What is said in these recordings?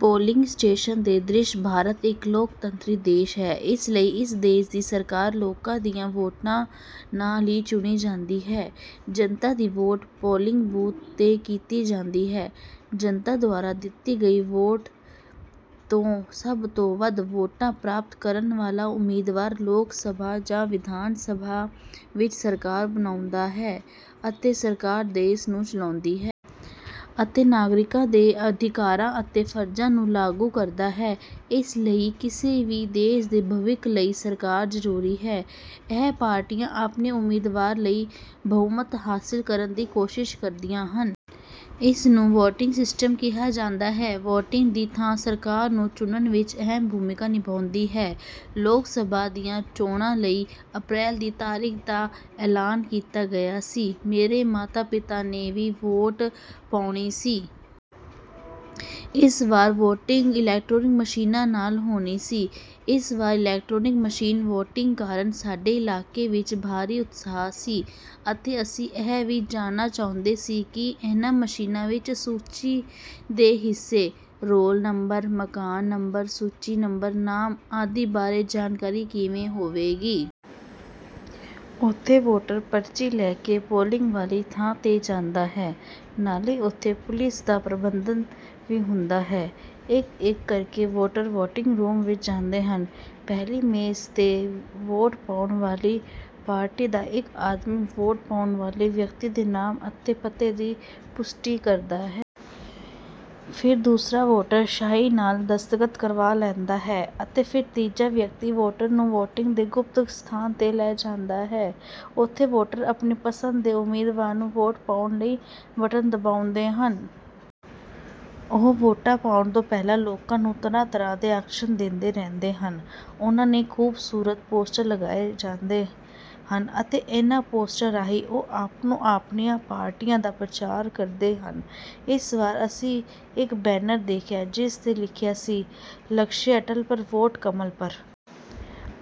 Polling station ਦੇ ਦ੍ਰਿਸ਼ ਭਾਰਤ ਇੱਕ ਲੋਕਤੰਤਰੀ ਦੇਸ਼ ਹੈ। ਇਸ ਲਈ ਇਸ ਦੇਸ਼ ਦੀ ਸਰਕਾਰ ਲੋਕਾਂ ਦੀਆਂ ਵੋਟਾਂ ਨਾਲ ਹੀ ਚੁਣੀ ਜਾਂਦੀ ਹੈ। ਜਨਤਾ ਦੀ ਵੋਟ ਪੋਲਿੰਗ ਬੂਥ 'ਤੇ ਕੀਤੀ ਜਾਂਦੀ ਹੈ। ਜਨਤਾ ਦੁਆਰਾ ਦਿੱਤੀ ਗਈ ਵੋਟ ਤੋਂ ਸਭ ਤੋਂ ਵੱਧ ਵੋਟਾਂ ਪ੍ਰਾਪਤ ਕਰਨ ਵਾਲਾ ਉਮੀਦਵਾਰ ਲੋਕ ਸਭਾ ਜਾਂ ਵਿਧਾਨ ਸਭਾ ਵਿੱਚ ਸਰਕਾਰ ਬਣਾਉਂਦਾ ਹੈ ਅਤੇ ਸਰਕਾਰ ਦੇਸ਼ ਨੂੰ ਚਲਾਉਂਦੀ ਹੈ। ਅਤੇ ਨਾਗਰਿਕਾਂ ਦੇ ਅਧਿਕਾਰਾਂ ਅਤੇ ਫਰਜ਼ਾਂ ਨੂੰ ਲਾਗੂ ਕਰਦਾ ਹੈ। ਇਸ ਲਈ ਕਿਸੇ ਵੀ ਦੇਸ਼ ਦੇ ਭਵਿੱਖ ਲਈ ਸਰਕਾਰ ਜ਼ਰੂਰੀ ਹੈ। ਇਹ ਪਾਰਟੀਆਂ ਆਪਣੇ ਉਮੀਦਵਾਰ ਲਈ ਬਹੁਮਤ ਹਾਸਲ ਕਰਨ ਦੀ ਕੋਸ਼ਿਸ਼ ਕਰਦੀਆਂ ਹਨ। ਇਸ ਨੂੰ 'ਵੋਟਿੰਗ ਸਿਸਟਮ' ਕਿਹਾ ਜਾਂਦਾ ਹੈ। ਵੋਟਿੰਗ ਦੀ ਥਾਂ ਸਰਕਾਰ ਨੂੰ ਚੁਣਨ ਵਿੱਚ ਅਹਿਮ ਭੂਮਿਕਾ ਨਿਭਾਉਂਦੀ ਹੈ। ਲੋਕ ਸਭਾ ਦੀਆਂ ਚੋਣਾਂ ਲਈ ਅਪ੍ਰੈਲ ਦੀ ਤਰੀਕ ਦਾ ਐਲਾਨ ਕੀਤਾ ਗਿਆ ਸੀ। ਮੇਰੇ ਮਾਤਾ-ਪਿਤਾ ਨੇ ਵੀ ਵੋਟ ਪਾਉਣੀ ਸੀ। ਇਸ ਵਾਰ ਵੋਟਿੰਗ 'ਇਲੈਕਟ੍ਰਾਨਿਕ ਮਸ਼ੀਨਾਂ' ਨਾਲ ਹੋਣੀ ਸੀ। ਇਸ ਵਾਰ ਇਲੈਕਟਰਾਨਿਕ ਮਸ਼ੀਨ ਵੋਟਿੰਗ ਕਾਰਨ ਸਾਡੇ ਇਲਾਕੇ ਵਿੱਚ ਭਾਰੀ ਉਤਸ਼ਾਹ ਸੀ। ਅਤੇ ਅਸੀਂ ਇਹ ਵੀ ਜਾਣਨਾ ਚਾਹੁੰਦੇ ਸੀ ਕਿ ਇਹਨਾਂ ਮਸ਼ੀਨਾਂ ਵਿੱਚ ਸੂਚੀ ਦੇ ਹਿੱਸੇ, ਰੋਲ ਨੰਬਰ, ਮਕਾਨ ਨੰਬਰ, ਸੂਚੀ ਨੰਬਰ, ਨਾਮ ਆਦਿ ਬਾਰੇ ਜਾਣਕਾਰੀ ਕਿਵੇਂ ਹੋਵੇਗੀ। ਉਥੋਂ ਵੋਟਰ ਪਰਚੀ ਲੈ ਕੇ ਪੋਲਿੰਗ ਵਾਲੀ ਥਾਂ 'ਤੇ ਜਾਂਦਾ ਹੈ, ਨਾਲੇ ਉੱਥੇ ਪੁਲਿਸ ਦਾ ਪ੍ਰਬੰਧ ਵੀ ਹੁੰਦਾ ਹੈ ਇਕ-ਇਕ ਕਰਕੇ ਵੋਟਰ ਵੋਟਿੰਗ ਰੂਮ ਵਿਚ ਜਾਂਦੇ ਹਨ। ਪਹਿਲੀ ਮੇਜ਼ 'ਤੇ, ਵੋਟ ਪਾਉਣ ਵਾਲੀ ਪਾਰਟੀ ਦਾ ਇਕ ਆਦਮੀ ਵੋਟ ਪਾਉਣ ਵਾਲੇ ਵਿਅਕਤੀ ਦੇ ਨਾਮ ਅਤੇ ਪਤੇ ਦੀ ਪੁਸ਼ਟੀ ਕਰਦਾ ਹੈ। ਫਿਰ ਦੂਸਰਾ ਵੋਟਰ ਸਿਆਹੀ ਨਾਲ ਦਸਤਖਤ ਕਰਵਾ ਲੈਂਦਾ ਹੈ ਅਤੇ ਫਿਰ ਤੀਜਾ ਵਿਅਕਤੀ ਵੋਟਰ ਨੂੰ ਵੋਟਿੰਗ ਦੇ ਗੁਪਤ ਸਥਾਨ 'ਤੇ ਲੈ ਜਾਂਦਾ ਹੈ। ਉੱਥੇ ਵੋਟਰ ਆਪਣੀ ਪਸੰਦ ਦੇ ਉਮੀਦਵਾਰ ਨੂੰ ਵੋਟ ਪਾਉਣ ਲਈ ਬਟਨ ਦਬਾਉਂਦੇ ਹਨ। ਉਹ ਵੋਟਾਂ ਪਾਉਣ ਤੋਂ ਪਹਿਲਾਂ ਲੋਕਾਂ ਨੂੰ ਤਰ੍ਹਾਂ-ਤਰ੍ਹਾਂ ਦੇ ਆਕਰਸ਼ਨ ਦਿੰਦੇ ਰਹਿੰਦੇ ਹਨ। ਉਨ੍ਹਾਂ ਨੇ ਖੂਬਸੂਰਤ ਪੋਸਟਰ ਲਗਾਏ ਜਾਂਦੇ ਹਨ ਅਤੇ ਇਨ੍ਹਾਂ ਪੋਸਟਰਾਂ ਰਾਹੀਂ ਉਹ ਆਪੋ-ਆਪਣੀਆਂ ਪਾਰਟੀਆਂ ਦਾ ਪ੍ਰਚਾਰ ਕਰਦੇ ਹਨ। ਇਸ ਵਾਰ ਅਸੀਂ ਇਕ ਬੈਨਰ ਦੇਖਿਆ ਜਿਸ 'ਤੇ ਲਿਖਿਆ ਸੀ- 'ਲਕਸ਼ਯ ਅਟਲ ਪਰ ਵੋਟ ਕਮਲ ਪਰ'।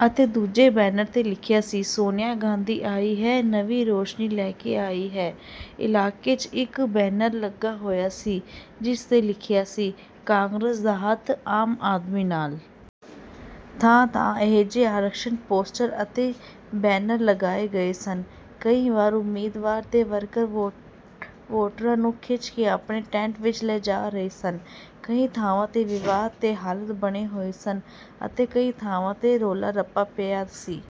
ਅਤੇ ਦੂਜੇ ਬੈਨਰ 'ਤੇ ਲਿਖਿਆ ਸੀ, 'ਸੋਨੀਆ ਗਾਂਧੀ ਆਈ ਹੈ, ਨਵੀਂ ਰੋਸ਼ਨੀ ਲੈ ਕੇ ਆਈ ਹੈ। ' ਇਲਾਕੇ 'ਚ ਇਕ ਬੈਨਰ ਲੱਗਾ ਹੋਇਆ ਸੀ, ਜਿਸ 'ਤੇ ਲਿਖਿਆ ਸੀ- ਕਾਂਗਰਸ ਦਾ ਹੱਥ, ਆਮ ਆਦਮੀ ਨਾਲ। ਥਾਂ-ਥਾਂ ਅਜਿਹੇ ਆਕਰਸ਼ਕ ਪੋਸਟਰ ਅਤੇ ਬੈਨਰ ਲਗਾਏ ਗਏ ਸਨ। ਕਈ ਵਾਰ ਉਮੀਦਵਾਰ ਦੇ ਵਰਕਰ ਵੋਟਰਾਂ ਨੂੰ ਖਿੱਚ ਕੇ ਆਪਣੇ ਟੇੰਟ ਵਿੱਚ ਲੈ ਜਾ ਰਹੇ ਸਨ। ਕਈ ਥਾਵਾਂ 'ਤੇ ਵਿਵਾਦ ਦੇ ਹਾਲਾਤ ਬਣੇ ਹੋਏ ਸਨ ਅਤੇ ਕਈ ਥਾਵਾਂ 'ਤੇ ਰੌਲਾ-ਰੱਪਾ ਪਿਆ ਸੀ।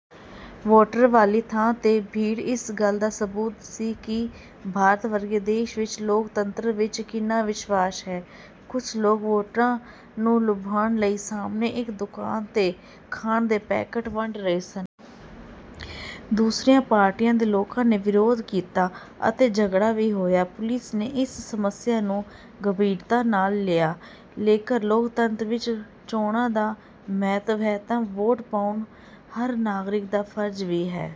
ਵੋਟਿੰਗ ਵਾਲੀ ਥਾਂ 'ਤੇ ਭੀੜ ਇਸ ਗੱਲ ਦਾ ਸਬੂਤ ਸੀ ਕਿ ਭਾਰਤ ਵਰਗੇ ਦੇਸ਼ ਵਿਚ ਲੋਕਤੰਤਰ ਵਿਚ ਕਿੰਨਾ ਵਿਸ਼ਵਾਸ ਹੈ। ਕੁਝ ਲੋਕ ਵੋਟਰਾਂ ਨੂੰ ਲੁਭਾਉਣ ਲਈ ਸਾਹਮਣੇ ਇਕ ਦੁਕਾਨ 'ਤੇ ਖਾਣੇ ਦੇ ਪੈਕੇਟ ਵੰਡ ਰਹੇ ਸਨ। ਦੂਸਰੀਆਂ ਪਾਰਟੀਆਂ ਦੇ ਲੋਕਾਂ ਨੇ ਵਿਰੋਧ ਕੀਤਾ ਅਤੇ ਝਗੜਾ ਵੀ ਹੋਇਆ। ਪੁਲਿਸ ਨੇ ਇਸ ਸਮੱਸਿਆ ਨੂੰ ਗੰਭੀਰਤਾ ਨਾਲ ਲਿਆ। ਜੇਕਰ ਲੋਕਤੰਤਰ ਵਿੱਚ ਚੋਣਾਂ ਦਾ ਮਹੱਤਵ ਹੈ ਤਾਂ ਵੋਟ ਪਾਉਣਾ ਹਰ ਨਾਗਰਿਕ ਦਾ ਫਰਜ਼ ਵੀ ਹੈ।